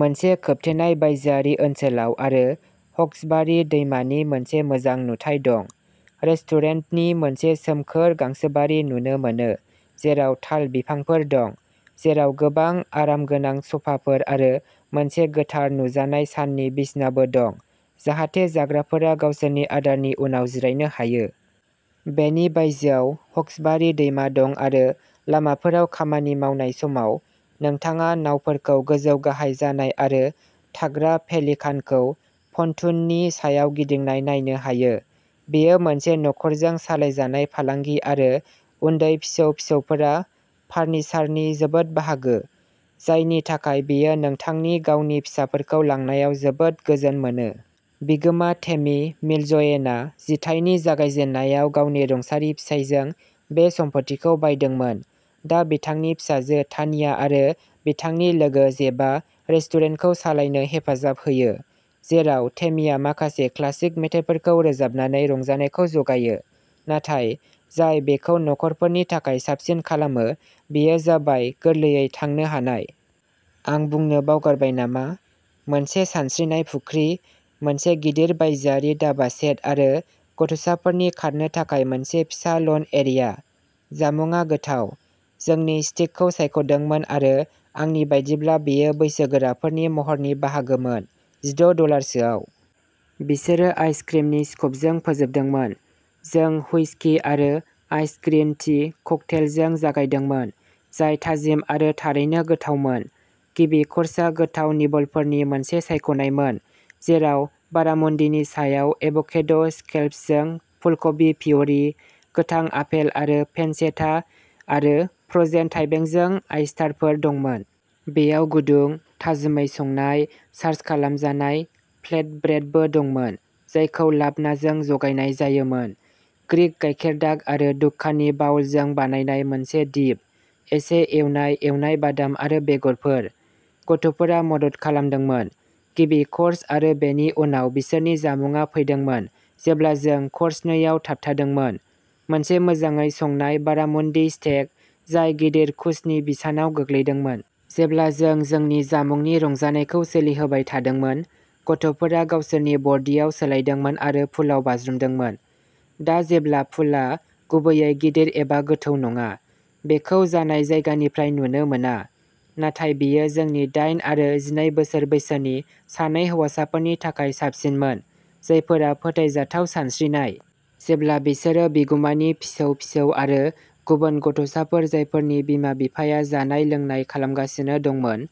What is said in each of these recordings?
मोनसे खोबथेनाय बायजोआरि ओनसोलाव आरो हक्सबारि दैमानि मोनसे मोजां नुथाय दं। रेस्टुरेन्टनि मोनसे सोमखोर गांसोबारि नुनो मोनो, जेराव ताल बिफांफोर दं, जेराव गोबां आरामगोनां स'फाफोर आरो मोनसे गोथार नुजानाय साननि बिसनाबो दं, जाहाथे जाग्राफोरा गावसोरनि आदारनि उनाव जिरायनो हायो। बेनि बायजोआव हक्सबारि दैमा दं आरो लामाफोराव खामानि मावनाय समाव, नोंथाङा नावफोरखौ गोजौ गाहाय जानाय आरो थाग्रा पेलिकानखौ पनटूननि सायाव गिदिंनाय नायनो हायो। बेयो मोनसे नखरजों सालायजानाय फालांगि आरो उन्दै फिसौ फिसौफोरा फारनिसारनि जोबोद बाहागो, जायनि थाखाय बेयो नोंथांनि गावनि फिसाफोरखौ लांनायाव जोबोद गोजोन मोनो। बिगोमा टेमी मिलज'एनआ जिथाइनि जागायजेन्नायाव गावनि रुंसारि फिसाइजों बे सम्फथिखौ बायदोंमोन। दा बिथांनि फिसाजो तान्या आरो बिथांनि लोगो जेफआ रेस्टुरेन्टखौ सालायनो हेफाजाब होयो, जेराव टेमीआ माखासे क्लासिक मेथाइफोरखौ रोजाबनानै रंजानायखौ जगायो। नाथाय, जाय बेखौ नखरफोरनि थाखाय साबसिन खालामो बेयो जाबाय गोरलैयै थांनो हानाय। आं बुंनो बावगारबाय नामा, मोनसे सानस्रिनाय फुख्रि, मोनसे गिदिर बायजोआरि दाबा सेट आरो गथ'साफोरनि खारनो थाखाय मोनसे फिसा लन एरिया। जामुंआ गोथाव। जोंनि स्टिकखौ सायख'दोंमोन आरो आंनि बायदिब्ला बेयो बैसोगोराफोरनि महरनि बाहागोमोन, जिद' डलारसोआव। बिसोरो आइस क्रिमनि स्कुपजों फोजोबदोंमोन। जों हुइस्कि आरो आइसड ग्रीन टी ककटेलजों जागायदोंमोन, जाय थाजिम आरो थारैनो गोथावमोन। गिबि कर्सआ गोथाव निबलफोरनि मोनसे सायख'नायमोन, जेराव बारामुन्डीनि सायाव एभ'केडो स्कैलप्सजों फुलकबि प्युरि, गोथां आपेल आरो पेनचेटा आरो फ्र'जेन थाइबेंजों आयस्टारफोर दंमोन। बेयाव गुदुं, थाजिमै संनाय, चार्ज खालामजानाय फ्लेटब्रेडबो दंमोन, जायखौ लाब्नाजों जगायनाय जायोमोन, ग्रीक गाइखेरदाख आरो दुक्कानि बाउलजों बानायनाय मोनसे डिप, एसे एवनाय एवनाय बादाम आरो बेगरफोर। गथ'फोरा मदद खालामदोंमोन। गिबि कर्स आरो बेनि उनाव बिसोरनि जामुंआ फैदोंमोन जेब्ला जों कर्स नैआव थाबथादोंमोन, मोनसे मोजाङै संनाय बारामुन्डी स्टेक, जाय गिदिर कुसनि बिसानाव गोग्लैदोंमोन। जेब्ला जों जोंनि जामुंनि रंजानायखौ सोलिहोबाय थादोंमोन, गथ'फोरा गावसोरनि बर्डियाव सोलायदोंमोन आरो पुलआव बाज्रुमदोंमोन। दा, जेब्ला पुलआ गुबैयै गिदिर एबा गोथौ नङा, बेखौ जानाय जायगानिफ्राय नुनो मोना। नाथाय बेयो जोंनि दाइन आरो जिनै बोसोर बैसोनि सानै हौवासाफोरनि थाखाय साबसिनमोन, जायफोरा फोथायजाथाव सानस्रिनाय। जेब्ला बिसोरो बिगुमानि फिसौ फिसौ आरो गुबुन गथ'साफोर जायफोरनि बिमा बिफाया जानाय लोंनाय खालामगासिनो दंमोन,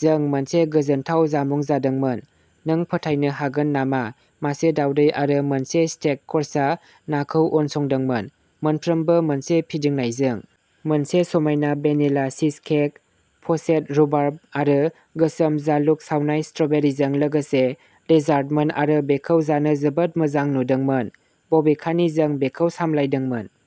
जों मोनसे गोजोनथाव जामुं जादोंमोन। नों फोथायनो हागोन नामा मासे दावदै आरो मोनसे स्टेक कर्सआ नाखौ उनसंदोंमोन, मोनफ्रोमबो मोनसे फिदिंनायजों। मोनसे समायना भेनिला चीजकेक, प'चेद रुबार्ब आरो गोसोम जालुग सावनाय स्ट्र'बेरिजों लोगोसे डेजार्टमोन आरो बेखौ जानो जोबोद मोजां नुदोंमोन, बबेखानि जों बेखौ सामलायदोंमोन।